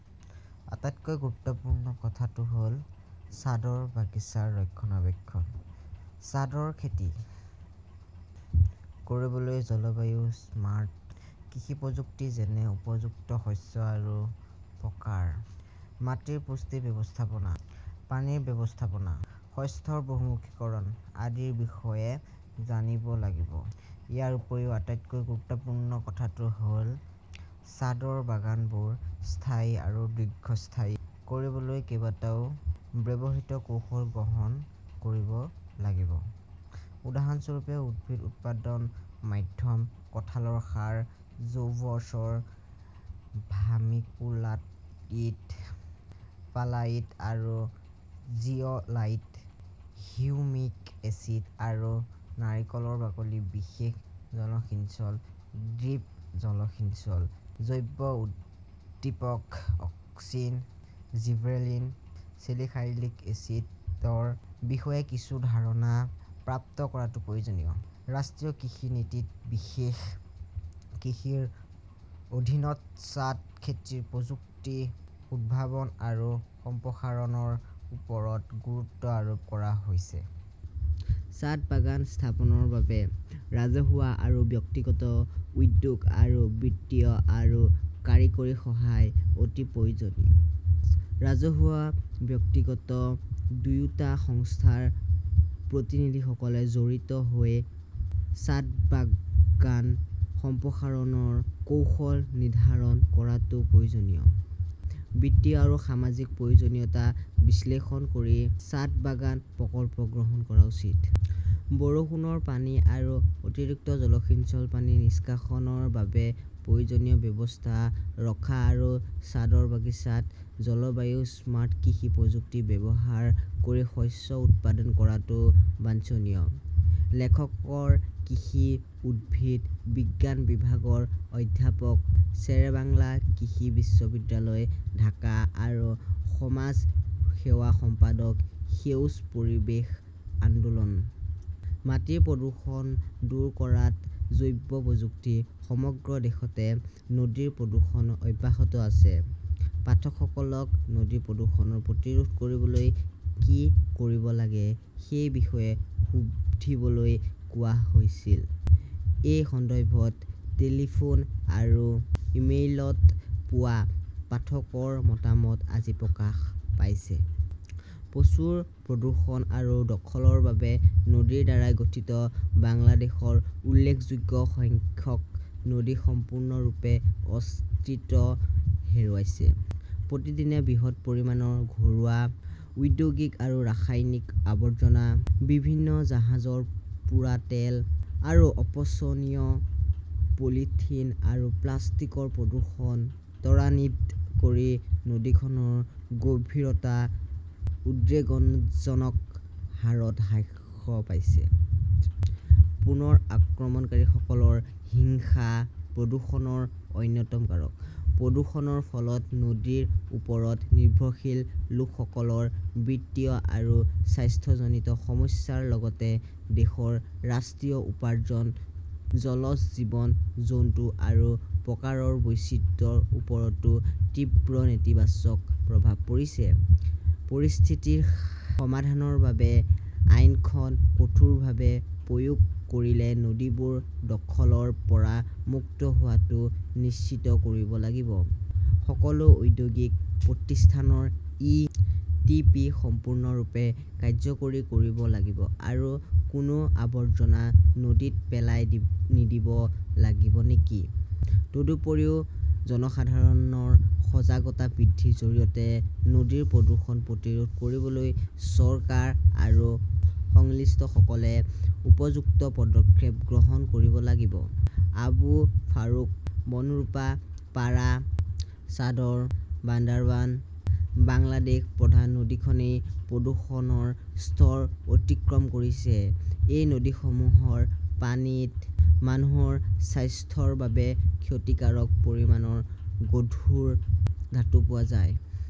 আটাইতকৈ গুৰুত্বপূৰ্ণ কথাটো হ'ল, ছাদৰ বাগিচাৰ ৰক্ষণাবেক্ষণ। ছাদৰ খেতি কৰিবলৈ জলবায়ু স্মাৰ্ট কৃষি প্ৰযুক্তি যেনে উপযুক্ত শস্য আৰু প্ৰকাৰ, মাটিৰ পুষ্টি ব্যৱস্থাপনা, পানী ব্যৱস্থাপনা, শস্যৰ বহুমুখীকৰণ আদিৰ বিষয়ে জানিব লাগিব। ইয়াৰ উপৰিও আটাইতকৈ গুৰুত্বপূৰ্ণ কথাটো হ'ল ছাদৰ বাগানবোৰ স্থায়ী আৰু দীৰ্ঘস্থায়ী কৰিবলৈ কেইবাটাও ব্যৱহৃত কৌশল গ্ৰহণ কৰিব লাগিব। উদাহৰণস্বৰূপে উদ্ভিদ উৎপাদন মাধ্যম, কঠালৰ সাৰ, জৈৱচৰ, ভাৰ্মিকোলাইট, পাৰ্লাইট আৰু জিঅ'লাইট, হিউমিক এচিড আৰু নাৰিকলৰ বাকলি, বিশেষ জলসিঞ্চন ড্ৰিপ জলসিঞ্চন, জৈৱ-উদ্দীপক, অক্সিন, জিব্ৰেলিন, চেলিসাইলিক এচিডৰ বিষয়ে কিছু ধাৰণা প্ৰাপ্ত কৰাটো প্ৰয়োজনীয়। ৰাষ্ট্ৰীয় কৃষি নীতিত বিশেষ কৃষিৰ অধীনত ছাদ খেতিৰ প্ৰযুক্তি উদ্ভাৱন আৰু সম্প্ৰসাৰণৰ ওপৰত গুৰুত্ব আৰোপ কৰা হৈছে। ছাদ বাগান স্থাপনৰ বাবে ৰাজহুৱা আৰু ব্যক্তিগত উদ্যোগ আৰু বিত্তীয় আৰু কাৰিকৰী সহায় অতি প্ৰয়োজনীয়। ৰাজহুৱা আৰু ব্যক্তিগত দুয়োটা সংস্থাৰ প্ৰতিনিধিসকলে জড়িত হৈ ছাদবাগান সম্প্ৰসাৰণৰ কৌশল নিৰ্ধাৰণ কৰাটোও প্ৰয়োজনীয়। বিত্তীয় আৰু সামাজিক প্ৰয়োজনীয়তা বিশ্লেষণ কৰি ছাদবাগান প্ৰকল্প গ্ৰহণ কৰা উচিত। বৰষুণৰ পানী আৰু অতিৰিক্ত জলসিঞ্চনৰ পানী নিষ্কাশনৰ বাবে প্ৰয়োজনীয় ব্যৱস্থা ৰখা আৰু ছাদৰ বাগিচাত জলবায়ু স্মাৰ্ট কৃষি প্ৰযুক্তি ব্যৱহাৰ কৰি শস্য উৎপাদন কৰাটো বাঞ্ছনীয়। লেখকসকল কৃষি উদ্ভিদ বিজ্ঞান বিভাগৰ অধ্যাপক, শ্বেৰেবাংলা কৃষি বিশ্ববিদ্যালয়, ঢাকা আৰু সমাজ সেৱা সম্পাদক, সেউজ পৰিৱেশ আন্দোলন। মাটিৰ প্ৰদূষণ দূৰ কৰাত জৈৱ প্ৰযুক্তি সমগ্ৰ দেশতে নদীৰ প্ৰদূষণ অব্যাহত আছে। পাঠকসকলক নদী প্ৰদূষণ প্ৰতিৰোধ কৰিবলৈ কি কৰিব লাগে, সেই বিষয়ে সুধিবলৈ কোৱা হৈছিল। এই সন্দৰ্ভত টেলিফোন আৰু ইমেইলত পোৱা পাঠকৰ মতামত আজি প্ৰকাশ পাইছে। প্ৰচুৰ প্ৰদূষণ আৰু দখলৰ বাবে নদীৰ দ্বাৰা গঠিত বাংলাদেশৰ উল্লেখযোগ্য সংখ্যক নদী সম্পূৰ্ণৰূপে অস্তিত্ব হেৰুৱাইছে। প্ৰতিদিনে বৃহৎ পৰিমাণৰ ঘৰুৱা, ঔদ্যোগিক আৰু ৰাসায়নিক আৱৰ্জনা, বিভিন্ন জাহাজৰ পোৰা তেল আৰু অপচনীয় পলিথিন আৰু প্লাষ্টিকৰ প্ৰদূষণ ত্বৰান্বিত কৰি নদীখনৰ গভীৰতা উদ্বেগজনক হাৰত হ্ৰাস পাইছে। পুনৰ আক্ৰমণকাৰীসকলৰ হিংসা প্ৰদূষণৰ অন্যতম কাৰক। প্ৰদূষণৰ ফলত নদীৰ ওপৰত নিৰ্ভৰশীল লোকসকলৰ বিত্তীয় আৰু স্বাস্থ্যজনিত সমস্যাৰ লগতে দেশৰ ৰাষ্ট্ৰীয় উপাৰ্জন, জলজ জীৱ-জন্তু আৰু প্ৰকাৰৰ বৈচিত্ৰ্যৰ ওপৰতো তীব্ৰ নেতিবাচক প্ৰভাৱ পৰিছে। পৰিস্থিতিৰ সমাধানৰ বাবে আইনখন কঠোৰভাৱে প্ৰয়োগ কৰিলে নদীবোৰ দখলৰ পৰা মুক্ত হোৱাটো নিশ্চিত কৰিব লাগিব, সকলো ঔদ্যোগিক প্ৰতিষ্ঠানৰ ই. টি. পি. সম্পূৰ্ণৰূপে কাৰ্যকৰী কৰিব লাগিব আৰু কোনো আৱৰ্জনা নদীত পেলাই নিদিব লাগিব নেকি? তদুপৰি, জনসাধাৰণৰ সজাগতা বৃদ্ধিৰ জৰিয়তে নদীৰ প্ৰদূষণ প্ৰতিৰোধ কৰিবলৈ চৰকাৰ আৰু সংশ্লিষ্টসকলে উপযুক্ত পদক্ষেপ গ্ৰহণ কৰিব লাগিব। আবু ফাৰুক বনৰুপা পাৰা, ছাদৰ, বান্দাৰবান। বাংলাদেশৰ প্ৰধান নদীখনে প্ৰদূষণৰ স্তৰ অতিক্ৰম কৰিছে। এই নদীসমূহৰ পানীত মানুহৰ স্বাস্থ্যৰ বাবে ক্ষতিকাৰক পৰিমাণৰ গধুৰ ধাতু পোৱা যায়।